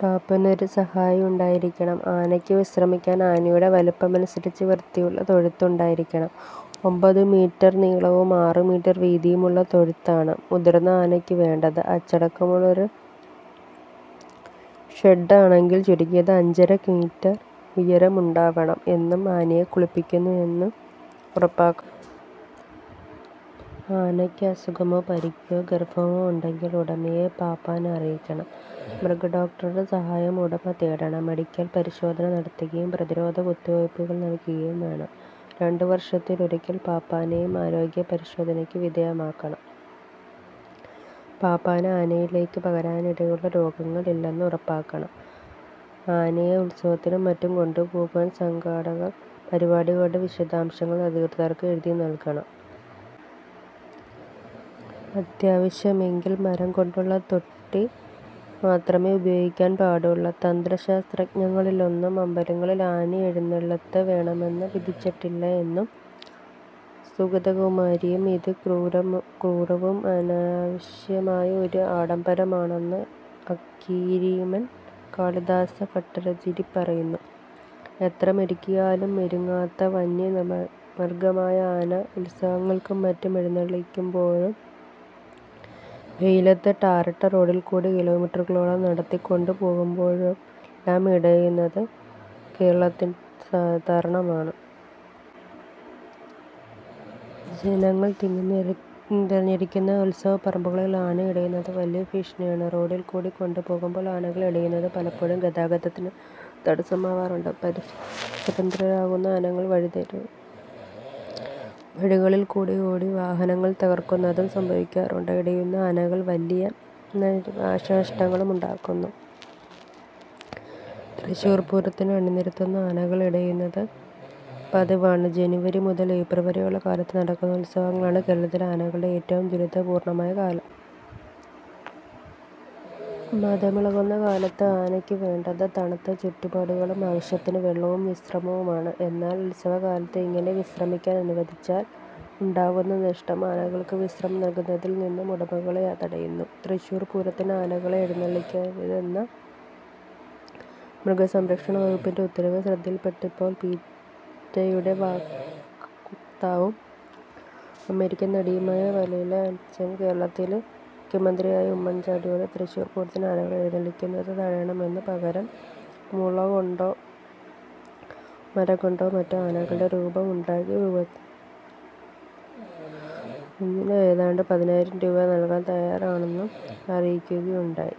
പാപ്പാന് ഒരു സഹായി ഉണ്ടായിരിക്കണം. ആനയ്ക്ക് വിശ്രമിക്കാൻ ആനയുടെ വലിപ്പം അനുസരിച്ച് വൃത്തിയുള്ള തൊഴുത്ത് ഉണ്ടായിരിക്കണം. ഒമ്പതു മീറ്റർ നീളവും ആറു മീറ്റർ വീതിയുമുള്ള തൊഴുത്താണ് മുതിർന്ന ആനയ്ക്ക് വേണ്ടത്. അടച്ചുകെട്ടിയ ഷെഡ്ഡാണെങ്കിൽ ചുരുങ്ങിയത് അഞ്ചര മീറ്റർ ഉയരം ഉണ്ടാവണം. എന്നും ആനയെ കുളിപ്പിക്കുന്നു എന്ന് ഉറപ്പാക്കണം. ആനയ്ക്ക് അസുഖമോ പരിക്കോ ഗർഭമോ ഉണ്ടെങ്കിൽ ഉടമയെ പാപ്പാൻ അറിക്കണം. മൃഗഡോക്ടറുടെ സഹായം ഉടമ തേടണം. മെഡിക്കൽ പരിശോധന നടത്തുകയും പ്രതിരോധ കുത്തിവയ്പുകൾ നൽകുകയും വേണം. രണ്ടുവർഷത്തിലൊരിക്കൽ പാപ്പാനെയും ആരോഗ്യ പരിശോധനയ്ക്കു വിധേയനാക്കണം. പാപ്പാന് ആനയിലേക്ക് പകരാനിടയുള്ള രോഗങ്ങൾ ഇല്ലെന്ന് ഉറപ്പാക്കണം. ആനയെ ഉത്സവത്തിനും മറ്റും കൊണ്ടുപോകുമ്പോൾ സംഘാടകർ പരിപാടിയുടെ വിശദാംശങ്ങൾ അധികൃതർക്ക് എഴുതിനൽകണം. അത്യാവശ്യമെങ്കിൽ മരം കൊണ്ടുള്ള തോട്ടി മാത്രമേ ഉപയോഗിക്കാൻ പാടുള്ളൂ. തന്ത്രശാസ്ത്രങ്ങളിലൊന്നും അമ്പലങ്ങളിൽ ആനയെഴുന്നള്ളത്ത് വേണമെന്ന് വിധിച്ചിട്ടില്ല എന്നു സുഗതകുമാരിയും ഇത് ക്രൂരവും അനാവശ്യമായ ഒരു ആഡംബരമാണെന്ന് അക്കീരിമൺ കാളിദാസ ഭട്ടത്തിരിയും പറയുന്നു. എത്ര മെരുക്കിയാലും മെരുങ്ങാത്ത വന്യമൃഗമായ ആന ഉൽസവങ്ങൾക്കും മറ്റും എഴുന്നള്ളിക്കുമ്പോഴും വെയിലത്ത് ടാറിട്ട റോഡിൽക്കൂടി കിലോമീറ്ററുകളോളം നടത്തിക്കൊണ്ടുപോവുമ്പോഴുമെല്ലാം ഇടയുന്നത് കേരളത്തിൽ സാധാരണമാണ്. ജനങ്ങൾ തിങ്ങിനിറഞ്ഞിരിക്കുന്ന ഉൽസവപ്പറമ്പുകളിൽ ആന ഇടയുന്നത് വലിയ ഭീഷണിയാണ്. റോഡിൽക്കൂടി കൊണ്ടുപോകുമ്പോൾ ആനകൾ ഇടയുന്നത് പലപ്പോഴും ഗതാഗതത്തിന് തടസ്സമാവാറുണ്ട്. പരിഭ്രാന്തരാവുന്ന ആനകൾ വഴികളിൽക്കൂടി ഓടി വാഹനങ്ങൾ തകർക്കുന്നതും സംഭവിക്കാറുണ്ട്. ഇടയുന്ന ആനകൾ വലിയ നാശനഷ്ടങ്ങളും ഉണ്ടാക്കുന്നു. തൃശൂർ പൂരത്തിന് അണിനിരത്തുന്ന ആനകൾ ഇടയുന്നത് പതിവാണ്. ജനുവരി മുതൻ ഏപ്രിൽ വരെയുള്ള കാലത്ത് നടക്കുന്ന ഉൽസവങ്ങളാണ് കേരളത്തിലെ ആനകളുടെ ഏറ്റവും ദുരിതപൂർണ്ണമായ കാലം. മദമിളകുന്ന കാലത്ത് ആനയ്ക്ക് വേണ്ടത് തണുത്ത ചുറ്റുപാടുകളും ആവശ്യത്തിനു വെള്ളവും വിശ്രമവുമാണ്, എന്നാൽ ഉൽസവകാലത്ത് ഇങ്ങനെ വിശ്രമിക്കാൻ അനുവദിച്ചാൽ ഉണ്ടാവുന്ന നഷ്ടം ആനകൾക്ക് വിശ്രമം നൽകുന്നതിൽ നിന്നും ഉടമകളെ തടയുന്നു. തൃശൂർപൂരത്തിന് ആനകളെ എഴുന്നള്ളിക്കരുതെന്ന മൃഗസംരക്ഷണ വകുപ്പിന്റെ ഉത്തരവ് ശ്രദ്ധയിൽപ്പെട്ടപ്പോൾ പീറ്റയുടെ വക്താവും അമേരിക്കൻ നടിയുമായ പമേല ആൻഡേഴ്സൺ കേരളത്തിലെ മുഖ്യമന്ത്രിയായ ഉമ്മൻ ചാണ്ടിയോട് തൃശൂർ പൂരത്തിന് ആനകളെ എഴുന്നള്ളിക്കുന്നത് തടയണമെന്നും പകരം മുളകൊണ്ടോ മരംകൊണ്ടോ മറ്റോ ആനകളുടെ രൂപം ഉണ്ടാക്കി പൂരത്തിന് ഉപയോഗിക്കാൻ ആനയൊന്നിന് ഏതാണ്ട് പതിനായിരം രൂപ നൽകാൻ തയ്യാറാണെന്നും അറിയിക്കുകയുണ്ടായി.